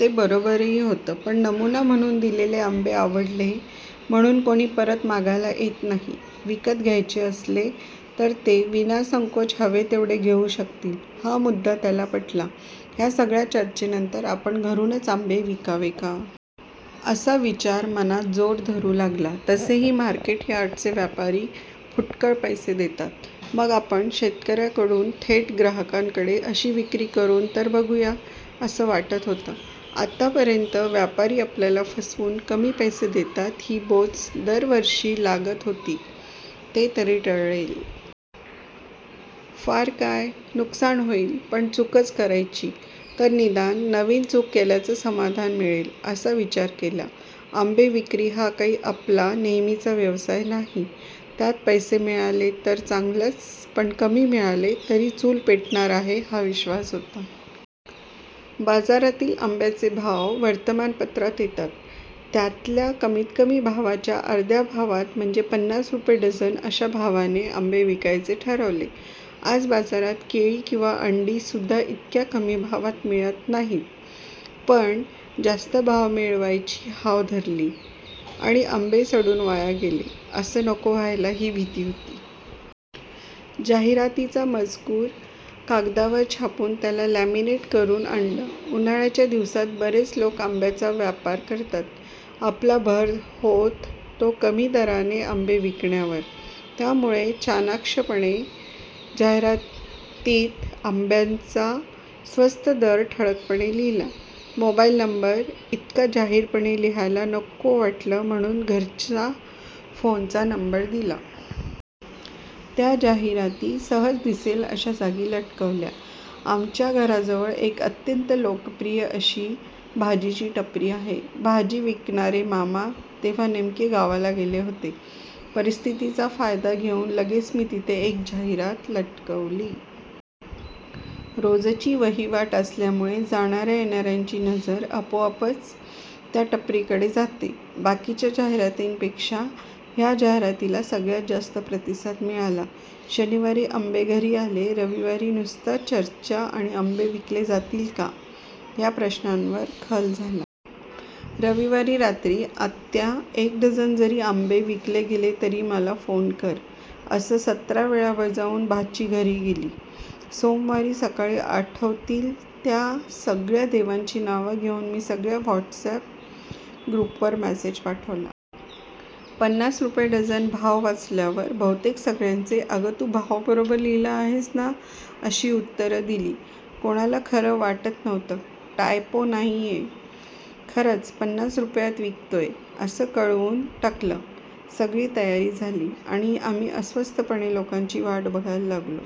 ते बरोबरही होतं. पण नमुना म्हणून दिलेले आंबे आवडले म्हणून कोणी परत मागायला येत नाही. विकत घ्यायचे असले, तर ते विनासंकोच हवे तेवढे घेऊ शकतील, हा मुद्दा त्याला पटला. ह्या सगळ्या चर्चेनंतर आपण घरूनच आंबे विकावे का? असा विचार मनात जोर धरू लागला. तसेही मार्केट यार्डचे व्यापारी फुटकळ पैसे देतात. मग आपण 'शेतकऱ्याकडून थेट ग्राहकांकडे' अशी विक्री करून तर बघूया, असं वाटत होतं. आतापर्यंत व्यापारी आपल्याला फसवून कमी पैसे देतात, ही बोच दरवर्षी लागत होती, ते तरी टळेल. फार काय, नुकसान होईल. पण चूकच करायची, तर निदान नवीन चूक केल्याचं समाधान मिळेल, असा विचार केला. आंबे विक्री हा काही आपला नेहमीचा व्यवसाय नाही. त्यात पैसे मिळाले तर चांगलंच पण कमी मिळाले, तरी चूल पेटणार आहे, हा विश्र्वास होता. बाजारातील आंब्यांचे भाव वर्तमानपत्रात येतात. त्यातल्या कमीतकमी भावाच्या अर्ध्या भावात म्हणजे पन्नास रुपये डझन अशा भावाने आंबे विकायचे ठरवले. आज बाजारात केळी किंवा अंडी सुद्धा इतक्या कमी भावात मिळत नाहीत. पण जास्त भाव मिळायची हाव धरली आणि आंबे सडून वाया गेले, असं नको व्हायला, ही भीती होती. जाहिरातीचा मजकूर कागदावर छापून त्याला लॅमीनेट करून आणलं. उन्हाळ्याच्या दिवसांत बरेच लोक आंब्यांचा व्यापार करतात. आपला भर होत, तो कमी दराने आंबे विकण्यावर. त्यामुळे चाणाक्षपणे जाहिरातीत आंब्यांचा स्वस्त दर ठळकपणे लिहिला. मोबाईल नंबर इतका जाहीरपणे लिहायला नको वाटलं, म्हणून घरच्या फोनचा नंबर दिला. त्या जाहिराती सहज दिसेल, अशा जागी लटकवल्या. आमच्या घराजवळ एक अत्यंत लोकप्रिय अशी भाजीची टपरी आहे. भाजी विकणारे मामा तेव्हा नेमके गावाला गेलेले होते. परिस्थितीचा फायदा घेऊन लगेच मी तिथे एक जाहिरात लटकवली. रोजची वहिवाट असल्यामुळे जाणाऱ्या-येणाऱ्यांची नजर आपोआपच त्या टपरीकडे जाते. बाकीच्या जाहिरातींपेक्षा ह्या जाहिरातीला सगळ्यात जास्त प्रतिसाद मिळाला! शनिवारी आंबे घरी आले. रविवारी नुसत्या चर्चा आणि आंबे विकले जातील का? ह्या प्रश्नांवर खल झाला. रविवारी रात्री 'आत्या, एक डझन जरी आंबे विकले गेले, तरी मला फोन कर' असं सतरा वेळा बजावून भाची घरी गेली. सोमवारी सकाळी आठवतील त्या सगळ्या देवांची नावं घेऊन मी सगळ्या व्हॉट्स अॅप ग्रुपवर मेसेज पाठवला. 'पन्नास रुपये डझन' भाव वाचल्यावर बहुतेक सगळ्यांचे 'अग, तू भाव बरोबर लिहिला आहेस ना? ' अशी उत्तरं आली! कोणाला खरंच वाटत नव्हतं. 'टायपो नाहीये. खरंच पन्नास रुपयांत विकतोय, असं कळवून टाकलं. सगळी तयारी झाली आणि आम्ही अस्वस्थपणे लोकांची वाट बघायला लागलो.